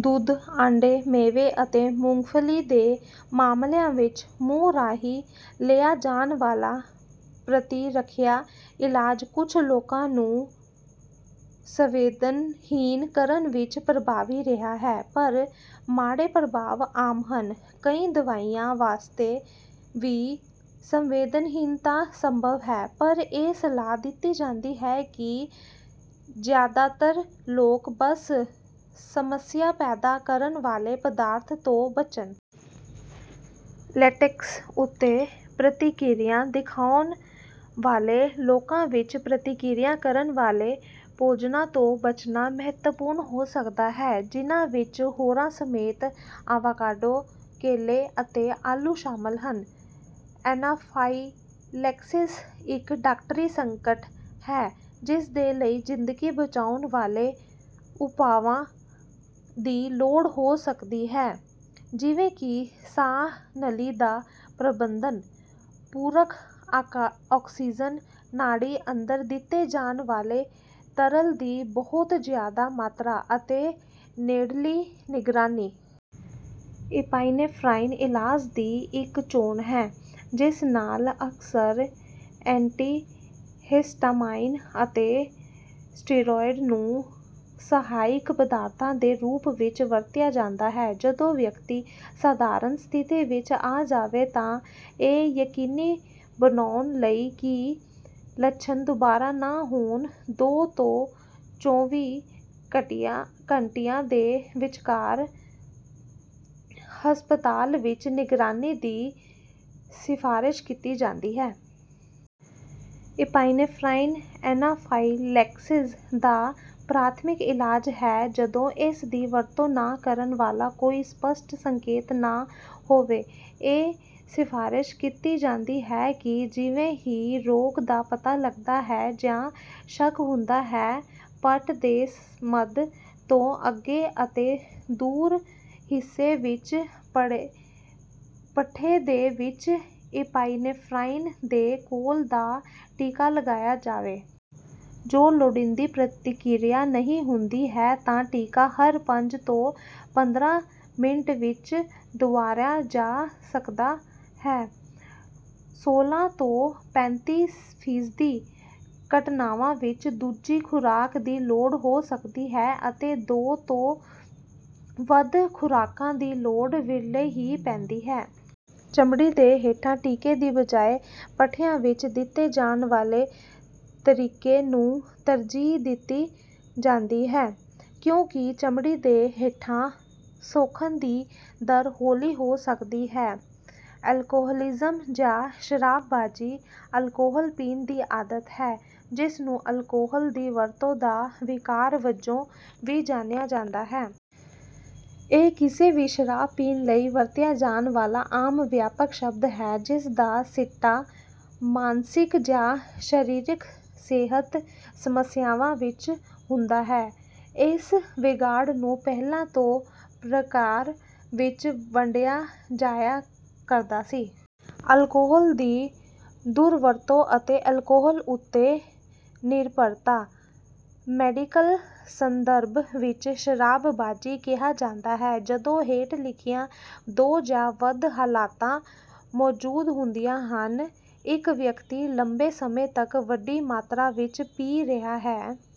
ਦੁੱਧ, ਆਂਡੇ, ਮੇਵੇ ਅਤੇ ਮੂੰਗਫਲੀ ਦੇ ਮਾਮਲਿਆਂ ਵਿੱਚ ਮੂੰਹ ਰਾਹੀਂ ਲਿਆ ਜਾਣ ਵਾਲਾ ਪ੍ਰਤਿਰੱਖਿਆ ਇਲਾਜ ਕੁਝ ਲੋਕਾਂ ਨੂੰ ਸੰਵੇਦਨਹੀਣ ਕਰਨ ਵਿੱਚ ਪ੍ਰਭਾਵੀ ਰਿਹਾ ਹੈ। ਪਰ ਮਾੜੇ ਪ੍ਰਭਾਵ ਆਮ ਹਨ। ਕਈ ਦਵਾਈਆਂ ਵਾਸਤੇ ਵੀ ਸੰਵੇਦਨਹੀਨਤਾ ਸੰਭਵ ਹੈ, ਪਰ ਇਹ ਸਲਾਹ ਦਿੱਤੀ ਜਾਂਦੀ ਹੈ ਕਿ ਜ਼ਿਆਦਾਤਰ ਲੋਕ ਬਸ ਸਮੱਸਿਆ ਪੈਦਾ ਕਰਨ ਵਾਲੇ ਪਦਾਰਥ ਤੋਂ ਬਚਣ। ਲੇਟੇਕਸ ਉੱਤੇ ਪ੍ਰਤਿਕਿਰਿਆ ਦਿਖਾਉਣ ਵਾਲੇ ਲੋਕਾਂ ਵਿੱਚ, ਪ੍ਰਤਿਕਿਰਿਆ ਕਰਨ ਵਾਲੇ ਭੋਜਨਾਂ ਤੋਂ ਬਚਣਾ ਮਹੱਤਵਪੂਰਨ ਹੋ ਸਕਦਾ ਹੈ ਜਿਨ੍ਹਾਂ ਵਿੱਚ ਹੋਰਾਂ ਸਮੇਤ ਅਵਾਕਾਡੋ, ਕੇਲੇ, ਅਤੇ ਆਲੂ ਸ਼ਾਮਲ ਹਨ। ਐਨਾਫਾਈਲੈਕਸਿਸ ਇੱਕ ਡਾਕਟਰੀ ਸੰਕਟ ਹੈ ਜਿਸਦੇ ਲਈ ਜ਼ਿੰਦਗੀ ਬਚਾਉਣ ਵਾਲੇ ਉਪਾਵਾਂ ਦੀ ਲੋੜ ਹੋ ਸਕਦੀ ਹੈ ਜਿਵੇਂ ਕਿ ਸਾਹ ਨਲੀ ਦਾ ਪ੍ਰਬੰਧਨ, ਪੂਰਕ ਆਕਸੀਜ਼ਨ, ਨਾੜੀ ਅੰਦਰ ਦਿੱਤੇ ਜਾਣ ਵਾਲੇ ਤਰਲ ਦੀ ਬਹੁਤ ਜ਼ਿਆਦਾ ਮਾਤਰਾ, ਅਤੇ ਨੇੜਲੀ ਨਿਗਰਾਨੀ। ਇਪਾਈਨੇਫ੍ਰਾਈਨ ਇਲਾਜ ਦੀ ਇੱਕ ਚੋਣ ਹੈ ਜਿਸ ਨਾਲ ਅਕਸਰ ਏਂਟੀਹਿਸਟਾਮਾਈਨ ਅਤੇ ਸਟੀਰੋਇਡ ਨੂੰ ਸਹਾਇਕ ਪਦਾਰਥਾਂ ਦੇ ਰੂਪ ਵਿੱਚ ਵਰਤਿਆ ਜਾਂਦਾ ਹੈ। ਜਦੋਂ ਵਿਅਕਤੀ ਸਧਾਰਨ ਸਥਿਤੀ ਵਿੱਚ ਆ ਜਾਵੇ ਤਾਂ ਇਹ ਯਕੀਨੀ ਬਣਾਉਣ ਲਈ ਕਿ ਲੱਛਣ ਦੁਬਾਰਾ ਨਾ ਹੋਣ, ਦੋ ਤੋਂ ਚੌਵੀ ਘੰਟਿਆਂ ਦੇ ਵਿਚਕਾਰ ਹਸਪਤਾਲ ਵਿੱਚ ਨਿਗਰਾਨੀ ਦੀ ਸਿਫਾਰਸ਼ ਕੀਤੀ ਜਾਂਦੀ ਹੈ। ਇਪਾਈਨੇਫ੍ਰਾਈਨ ਐਨਾਫਾਈਲੈਕਸਿਸ ਦਾ ਪ੍ਰਾਥਮਿਕ ਇਲਾਜ ਹੈ ਜਦੋਂ ਇਸਦੀ ਵਰਤੋਂ ਨਾ ਕਰਨ ਵਾਲਾ ਕੋਈ ਸਪੱਸ਼ਟ ਸੰਕੇਤ ਨਾ ਹੋਵੇ। ਇਹ ਸਿਫਾਰਸ਼ ਕੀਤੀ ਜਾਂਦੀ ਹੈ ਕਿ ਜਿਵੇਂ ਹੀ ਰੋਗ ਦਾ ਪਤਾ ਲਗਦਾ ਹੈ ਜਾਂ ਸ਼ੱਕ ਹੁੰਦਾ ਹੈ, ਪੱਟ ਦੇ ਮੱਧ ਤੋਂ ਅੱਗੇ ਅਤੇ ਦੂਰ ਹਿੱਸੇ ਵਿੱਚ ਪੱਠੇ ਦੇ ਵਿੱਚ ਇਪਾਈਨੇਫ੍ਰਾਈਨ ਦੇ ਘੋਲ ਦਾ ਟੀਕਾ ਲਗਾਇਆ ਜਾਵੇ। ਜੇ ਲੋੜੀਂਦੀ ਪ੍ਰਤਿਕਿਰਿਆ ਨਹੀਂ ਹੁੰਦੀ ਹੈ ਤਾਂ ਟੀਕਾ ਹਰ ਪੰਜ ਤੋਂ ਪੰਦਰਾਂ ਮਿੰਟ ਵਿੱਚ ਦੁਹਰਾਇਆ ਜਾ ਸਕਦਾ ਹੈ। ਸੋਲ੍ਹਾਂ ਤੋਂ ਪੈਂਤੀ ਫੀਸਦੀ ਘਟਨਾਵਾਂ ਵਿੱਚ ਦੂਜੀ ਖੁਰਾਕ ਦੀ ਲੋੜ ਹੋ ਸਕਦੀ ਹੈ ਅਤੇ ਦੋ ਤੋਂ ਵੱਧ ਖੁਰਾਕਾਂ ਦੀ ਲੋੜ ਵਿਰਲੇ ਹੀ ਪੈਂਦੀ ਹੈ। ਚਮੜੀ ਦੇ ਹੇਠਾਂ ਟੀਕੇ ਦੀ ਬਜਾਏ ਪੱਠਿਆਂ ਵਿੱਚ ਦਿੱਤੇ ਜਾਣ ਵਾਲੇ ਤਰੀਕੇ ਨੂੰ ਤਰਜੀਹ ਦਿੱਤੀ ਜਾਂਦੀ ਹੈ ਕਿਉਂਕਿ ਚਮੜੀ ਦੇ ਹੇਠਾਂ ਸੋਖਣ ਦੀ ਦਰ ਹੌਲੀ ਹੋ ਸਕਦੀ ਹੈ। ਅਲਕੋਹਲਿਜ਼ਮ ਜਾਂ ਸ਼ਰਾਬਬਾਜ਼ੀ ਅਲਕੋਹਲ ਪੀਣ ਦੀ ਆਦਤ ਹੈ, ਜਿਸ ਨੂੰ ਅਲਕੋਹਲ ਦੀ ਵਰਤੋਂ ਦਾ ਵਿਕਾਰ ਵਜੋਂ ਵੀ ਜਾਣਿਆ ਜਾਂਦਾ ਹੈ। ਇਹ ਕਿਸੇ ਵੀ ਸ਼ਰਾਬ ਪੀਣ ਲਈ ਵਰਤਿਆ ਜਾਣ ਵਾਲਾ ਆਮ ਵਿਆਪਕ ਸ਼ਬਦ ਹੈ ਜਿਸਦਾ ਸਿੱਟਾ ਮਾਨਸਿਕ ਜਾਂ ਸਰੀਰਕ ਸਿਹਤ ਸਮੱਸਿਆਵਾਂ ਵਿੱਚ ਹੁੰਦਾ ਹੈ। ਇਸ ਵਿਗਾੜ ਨੂੰ ਪਹਿਲਾਂ ਦੋ ਪ੍ਰਕਾਰ ਵਿੱਚ ਵੰਡਿਆ ਜਾਇਆ ਕਰਦਾ ਸੀ। ਅਲਕੋਹਲ ਦੀ ਦੁਰਵਰਤੋਂ ਅਤੇ ਅਲਕੋਹਲ ਉੱਤੇ ਨਿਰਭਰਤਾ। ਮੈਡੀਕਲ ਸੰਦਰਭ ਵਿੱਚ, ਸ਼ਰਾਬਬਾਜ਼ੀ ਕਿਹਾ ਜਾਂਦਾ ਹੈ ਜਦੋਂ ਹੇਠ ਲਿਖੀਆਂ ਦੋ ਜਾਂ ਵੱਧ ਹਾਲਤਾਂ ਮੌਜੂਦ ਹੁੰਦੀਆਂ ਹਨ। ਇੱਕ ਵਿਅਕਤੀ ਲੰਬੇ ਸਮੇਂ ਤੱਕ ਵੱਡੀ ਮਾਤਰਾ ਵਿੱਚ ਪੀ ਰਿਹਾ ਹੈ...